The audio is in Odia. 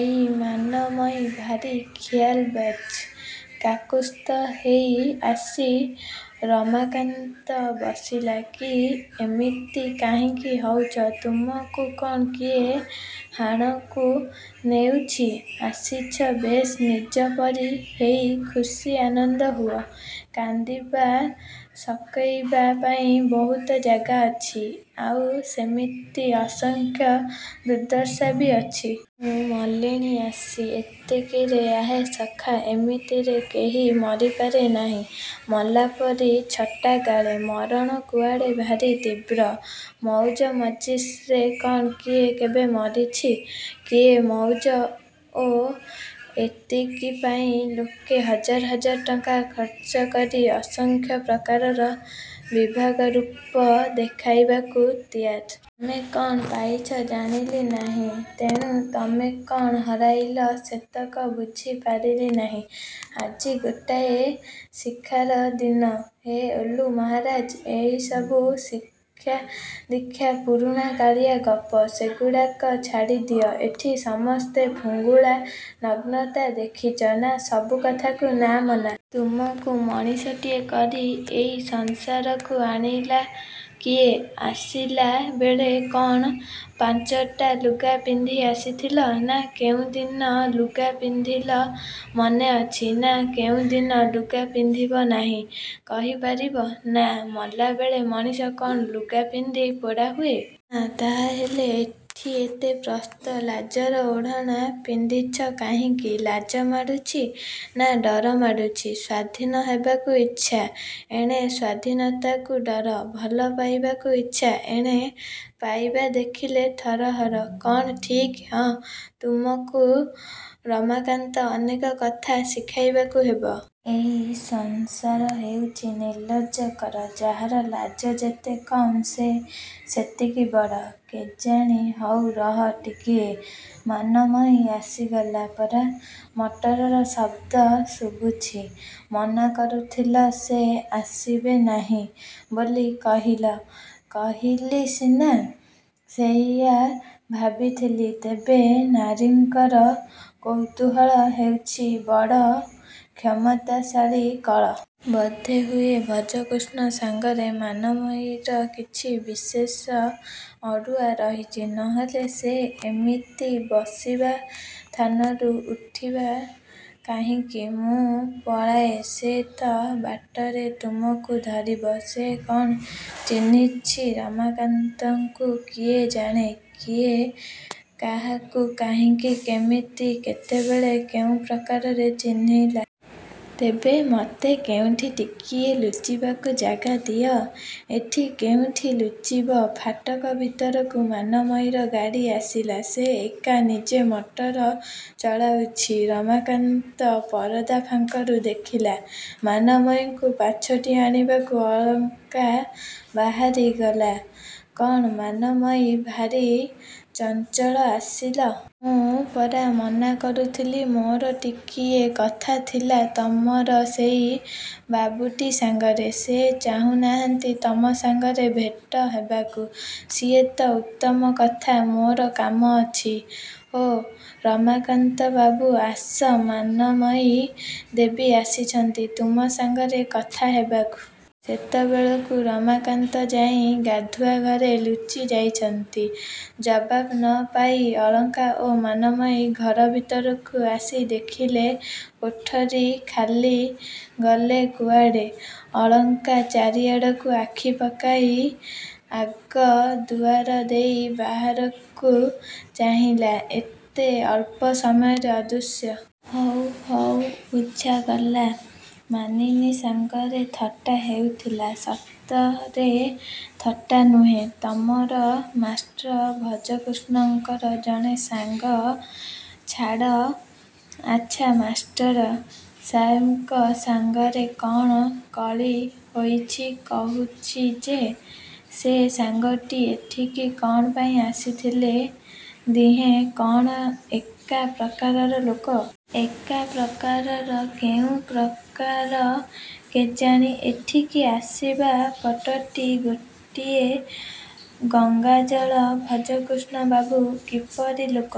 ଏଇ ମାନମୟୀ ଭାରି ଖିଆଲବାଜ୍। କାକୁସ୍ଥ ହେଇ ଆସି ରମାକାନ୍ତ ବସିଲା। -କି, ଏମିତି କାହିଁକି ହଉଛ? ତୁମକୁ କ'ଣ କିଏ ହାଣକୁ ନେଉଛି? ଆସିଛ-ବେଶ୍ ନିଜ ପରି ହେଇ ଖୁସି ଆନନ୍ଦ ହୁଅ। କାନ୍ଦିବା ସକେଇବା ପାଇଁ ବହୁତ ଜାଗା ଅଛି। ଆଉ ସେମିତି ଅସଂଖ୍ୟ ଦୁର୍ଦ୍ଦଶା ବି ଅଛି। -ମୁଁ ମଲିଣି ଆସି। -ଏତିକିରେ? ଆହେ ସଖା, ଏମିତିରେ କେହି ମରିପାରେ ନାହିଁ। ମଲା ପରି ଛଟା ଗାଳେ। ମରଣ କୁଆଡ଼େ ଭାରି ତୀବ୍ର। ମଉଜ ମଜ୍ଲିସରେ କ'ଣ କିଏ କେବେ ମରିଛି? -କି ମଉଜ? -ଓ? ଏତିକି ପାଇଁ ଲୋକେ ହଜାର ହଜାର ଟଙ୍କା ଖରଚ କରି ଅସଂଖ୍ୟ ପ୍ରକାରର ବିଭଙ୍ଗ ରୂପ ଦେଖାଇବାକୁ ତିଆର। ତମେ କ'ଣ ପାଇଛ ଜାଣିଲି ନାହିଁ। ତେଣୁ ତମେ କ'ଣ ହରାଇଲ-ସେତକ ବୁଝି ପାରିଲ ନାହିଁ। -ଆଜି ଗୋଟାଏ ଶିକ୍ଷାର ଦିନ। -ହେ, ଓଲୁ ମହାରାଜ, ଏଇସବୁ ଶିକ୍ଷାଦୀକ୍ଷା ପୁରୁଣା-କାଳିଆ ଗପ। ସେଗୁଡ଼ାକ ଛାଡ଼ିଦିଅ। ଏଠି ସମସ୍ତେ ଫୁଙ୍ଗୁଳା-ନଗ୍ନତା ଦେଖିଛ? -ନା। -ସବୁ କଥାକୁ ନା-ମନା। ତୁମକୁ ମଣିଷଟିଏ କରି ଏଇ ସଂସାରକୁ ଆଣିଲା କିଏ? ଆସିଲା ବେଳେ କ'ଣ ପାଞ୍ଚଟା ଲୁଗା ପିନ୍ଧି ଆସିଥିଲ? -ନା। -କେଉଁଦିନ ଲୁଗା ପିନ୍ଧିଲ ମନେ ଅଛି? -ନା। -କେଉଁଦିନ ଲୁଗା ପିନ୍ଧିବ ନାହିଁ କହି ପାରିବ? -ନା। -ମଲାବେଳେ ମଣିଷ କ'ଣ ଲୁଗା ପିନ୍ଧି ପୋଡ଼ା ହୁଏ। -ନା। -ତାହାହେଲେ ଏଠି ଏତେ ପ୍ରସ୍ତ ଲାଜର ଓଢ଼ଣା ପିନ୍ଧୁଛ କାହିଁକି? -ଲାଜ ମାଡ଼ୁଛି। -ନା, ଡର ମାଡ଼ୁଛି? ସ୍ୱାଧୀନ ହେବାକୁ ଇଚ୍ଛା। ଏଣେ ସ୍ୱାଧୀନତାକୁ ଡର। ଭଲ ପାଇବାକୁ ଇଚ୍ଛା-ଏଣେ ପାଇବା ଦେଖିଲେ ଥରହର। -କ'ଣ ଠିକ୍? -ହଁ। -ତୁମକୁ ରମାକାନ୍ତ, ଅନେକ କଥା ଶିଖିବାକୁ ହେବ। ଏଇ ସଂସାର ହେଉଛି ନିର୍ଲଜଙ୍କର। ଯାହାର ଲାଜ ଯେତେ କମ୍, ସେ ସେତିକି ବଡ଼। -କେଜାଣି। -ହଉ ରହ ଟିକିଏ। ମାନମୟୀ ଆସିଗଲା ପରା। ମଟରର ଶବ୍ଦ ଶୁଭୁଛି। -ମନା କରୁଥିଲ। ସେ ଆସିବେ ନାହିଁ ବୋଲି କହିଲ। -କହିଲି ସିନା। ସେଇଆ ଭାବିଥିଲି। ତେବେ ନାରୀଙ୍କର କୌତୂହଳ ହେଉଛି ବଡ଼ କ୍ଷମତାଶାଳୀ କଳ। ବୋଧହୁଏ ଭଜକୃଷ୍ଣ ସାଙ୍ଗରେ ମାନମୟୀର କିଛି ବିଶେଷ ଅଡ଼ୁଆ ରହିଛି-। ନ ହେଲେ ସେ ଏମିତି ବସିବା ଥାନରୁ ଉଠିବ କାହିଁକି? -ମୁଁ ପଳାଏଁ। -ସେ ତ ବାଟରେ ତୁମକୁ ଧରିବ। -ସେ କ'ଣ ଚିହ୍ନିଛି ରମାକାନ୍ତକୁ? -କିଏ ଜାଣେଁ? କିଏ କାହାକୁ କାହିଁକି କେମିତି କେତେବେଳେ କେଉଁ ପ୍ରକାରରେ ଚିହ୍ନିଲା? -ତେବେ ମତେ କେଉଁଠି ଟିକିଏ ଲୁଚିବାକୁ ଜାଗା ଦିଅ। -ଏଠି? କେଉଁଠି ଲୁଚିବ? -ଫାଟକ ଭିତରକୁ ମାନମୟୀର ଗାଡ଼ି ଆସିଲା-ସେ ଏକା-ନିଜେ ମଟର ଚଳାଉଛି। ରମାକାନ୍ତ ପରଦା ଫାଙ୍କରୁ ଦେଖିଲା। ମାନମୟୀକୁ ପାଛୋଟି ଆଣିବାକୁ ଅଳକା ବାହାରି ଗଲା। -କ'ଣ ମାନମୟୀ? ଭାରି ଚଞ୍ଚଳ ଆସିଲ? ମୁଁ ପରା ମନା କରୁଥିଲି। -ମୋର ଟିକିଏ କଥାଥିଲା। ତମର ସେଇ ବାବୁଟି' ସାଙ୍ଗରେ। -ସେ ଚାହୁଁ ନାହାନ୍ତି ତମ ସାଙ୍ଗରେ ଭେଟ ହେବାକୁ। -ସିଏ ତ ଉତ୍ତମ କଥା। ମୋର କାମ ଅଛି। -ହୋ, ରମାକାନ୍ତବାବୁ, ଆସ। ମାନମୟୀ ଦେବୀ ଆସିଛନ୍ତି ତୁମ ସାଙ୍ଗରେ କଥା ହେବାକୁ। ସେତେବେଳକୁ ରମାକାନ୍ତ ଯାଇ ଗାଧୁଆଘରେ ଲୁଚି ଯାଇଛନ୍ତି। ଜବାବ ନ ପାଇ ଅଳକା ଓ ମାନମୟୀ ଘର ଭିତକୁ ଆସି ଦେଖିଲେ କୋଠରୀ ଖାଲି। -ଗଲେ କୁଆଡ଼େ? -ଅଳକା ଚାରିଆଡ଼କୁ ଆଖି ପକାଇ ଆଗ ଦୁଆର ଦେଇ ବାହାରକୁ ଚାହିଁଲା। ଏତେ ଅଳ୍ପ ସମୟରେ ଅଦୃଶ୍ୟ। -ହଉ, ହଉ ବୁଝାଗଲା। ମାନିନୀ ସାଙ୍ଗରେ ଥଟ୍ଟା ହେଉଥିଲା। -ସତରେ। ଥଟ୍ଟା ନୁହେଁ। ତମର ମାଷ୍ଟ୍ର ଭଜକୃଷ୍ଣଙ୍କର ଜଣେ ସାଙ୍ଗ। -ଛାଡ଼। -ଆଚ୍ଛା, ମାଷ୍ଟର ସାହେବଙ୍କ ସାଙ୍ଗରେ କ'ଣ କଳି ହୋଇଛି? -କହୁଛି ଯେ। ସେ ସାଙ୍ଗଟି ଏଠିକି କ'ଣ ପାଇଁ ଆସିଥିଲେ? ଦିହେଁ କ'ଣ ଏକା ପ୍ରକାରର ଲୋକ? -ଏକା ପ୍ରକାରର? କେଉଁ ପ୍ରକାର କେଜାଣି? ଏଠିକି ଆସିବା ପଟଟି ଗୋଟିଏ-ଗଙ୍ଗାଜଳ। ଭଜକୃଷ୍ଣବାବୁ କିପରି ଲୋକ?